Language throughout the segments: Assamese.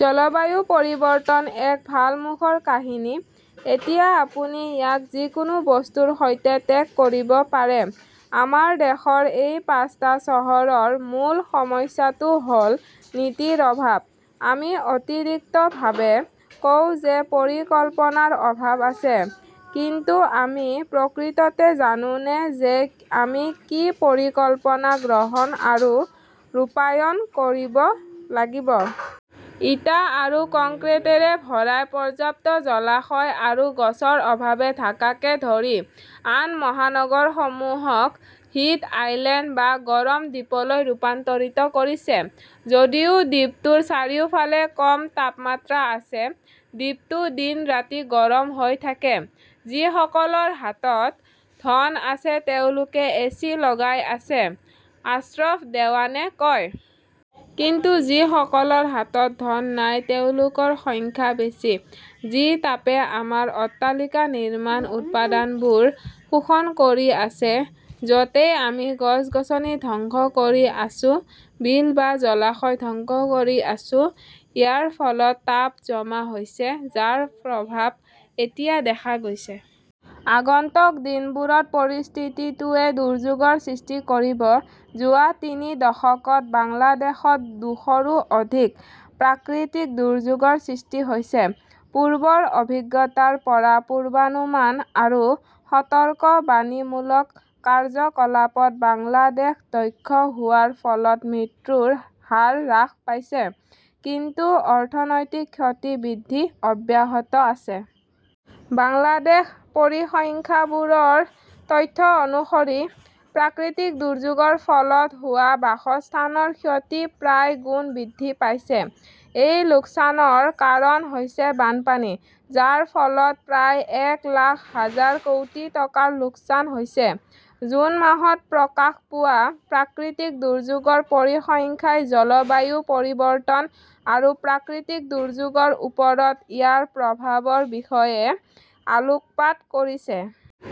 জলবায়ু পৰিৱৰ্তন এক ভাল মুখৰ কাহিনী। এতিয়া আপুনি ইয়াক যিকোনো বস্তুৰ সৈতে টেগ কৰিব পাৰে। আমাৰ দেশৰ এই পাঁচটা চহৰৰ মূল সমস্যাটো হ'ল নীতিৰ অভাৱ। আমি অতিৰিক্তভাৱে কওঁ যে পৰিকল্পনাৰ অভাৱ আছে, কিন্তু আমি প্ৰকৃততে জানোনে যে আমি কি পৰিকল্পনা গ্ৰহণ আৰু ৰূপায়ণ কৰিব লাগিব? ইটা আৰু কংক্ৰিটেৰে ভৰাই, পৰ্যাপ্ত জলাশয় আৰু গছৰ অভাৱে ঢাকাকে ধৰি আন মহানগৰসমূহক "হিট আইলেণ্ড" বা গৰম দ্বীপলৈ ৰূপান্তৰিত কৰিছে। যদিও দ্বীপটোৰ চাৰিওফালে কম তাপমাত্ৰা আছে, দ্বীপটো দিন-ৰাতি গৰম হৈ থাকে। "যিসকলৰ হাতত ধন আছে তেওঁলোকে এচি লগাই আছে", আশ্ৰফ দেৱানে কয়। কিন্তু যিসকলৰ হাতত ধন নাই, তেওঁলোকৰ সংখ্যা বেছি। যি তাপে আমাৰ অট্টালিকা নিৰ্মাণৰ উপাদানবোৰ শোষণ কৰি আছে, য 'তেই আমি গছ-গছনি ধ্বংস কৰি আছো, বিল বা জলাশয় ধ্বংস কৰি আছো। ইয়াৰ ফলত তাপ জমা হৈছে, যাৰ প্ৰভাৱ এতিয়া দেখা গৈছে। আগন্তুক দিনবোৰত পৰিস্থিতিটোৱে দুৰ্যোগৰ সৃষ্টি কৰিব। যোৱা তিনি দশকত বাংলাদেশত দুশৰো অধিক প্ৰাকৃতিক দুৰ্যোগৰ সৃষ্টি হৈছে। পূৰ্বৰ অভিজ্ঞতাৰ পৰা পূৰ্বানুমান আৰু সতৰ্কবাণীমূলক কাৰ্যকলাপত বাংলাদেশ দক্ষ হোৱাৰ ফলত মৃত্যুৰ হাৰ হ্ৰাস পাইছে। কিন্তু অৰ্থনৈতিক ক্ষতি বৃদ্ধি অব্যাহত আছে। বাংলাদেশ পৰিসংখ্যাবোৰৰ তথ্য অনুসৰি, প্ৰাকৃতিক দুৰ্যোগৰ ফলত হোৱা বাসস্থানৰ ক্ষতি প্ৰায় গুণ বৃদ্ধি পাইছে। এই লোকচানৰ কাৰণ হৈছে বানপানী, যাৰ ফলত প্ৰায় এক লাখ হাজাৰ কোটি টকাৰ লোকচান হৈছে। জুন মাহত প্ৰকাশ পোৱা প্ৰাকৃতিক দুৰ্যোগৰ পৰিসংখ্যাই জলবায়ু পৰিৱৰ্তন আৰু প্ৰাকৃতিক দুৰ্যোগৰ ওপৰত ইয়াৰ প্ৰভাৱৰ বিষয়ে আলোকপাত কৰিছে।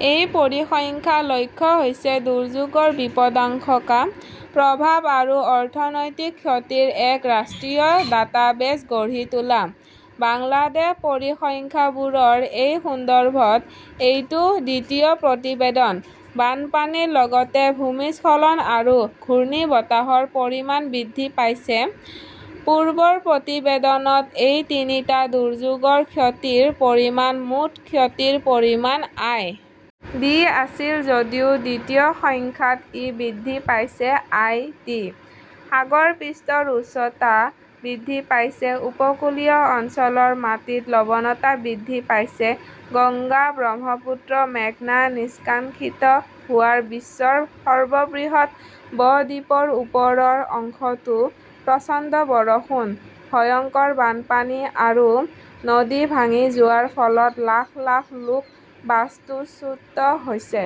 এই পৰিসংখ্যাৰ লক্ষ্য হৈছে দুৰ্যোগৰ বিপদাশংকা, প্ৰভাৱ আৰু অৰ্থনৈতিক ক্ষতিৰ এক ৰাষ্ট্ৰীয় ডাটাবেছ গঢ়ি তোলা। বাংলাদেশ পৰিসংখ্যাবোৰৰ এই সন্দৰ্ভত এইটো দ্বিতীয় প্ৰতিবেদন। বানপানীৰ লগতে ভূমিস্খলন আৰু ঘূৰ্ণীবতাহৰ পৰিমাণ বৃদ্ধি পাইছে। পূৰ্বৰ প্ৰতিবেদনত এই তিনিটা দুৰ্যোগৰ ক্ষতিৰ পৰিমাণ মুঠ ক্ষতিৰ পৰিমাণ আই. ডি. আছিল, যদিও দ্বিতীয় সংখ্যাত ই বৃদ্ধি পাইছে আই. ডি.। সাগৰ পৃষ্ঠৰ উচ্চতা বৃদ্ধি পাইছে, উপকূলীয় অঞ্চলৰ মাটিত লৱনতা বৃদ্ধি পাইছে। গংগা, ব্ৰহ্মপুত্ৰ, মেঘনা নিষ্কানশিত হোৱা বিশ্বৰ সৰ্ববৃহৎ ব-দ্বীপৰ ওপৰৰ অংশতো প্ৰচণ্ড বৰষুণ, ভয়ংকৰ বানপানী আৰু নদী ভাঙি যোৱাৰ ফলত লাখ লাখ লোক বাস্তুচ্যুত হৈছে।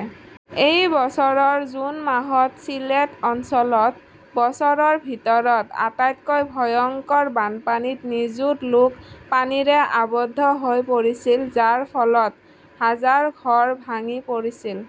এই বছৰৰ জুন মাহত চিলেট অঞ্চলত বছৰৰ ভিতৰত আটাইতকৈ ভয়ংকৰ বানপানীত নিযুত লোক পানীৰে আবদ্ধ হৈ পৰিছিল, যাৰ ফলত হাজাৰ ঘৰ ভাঙি পৰিছিল।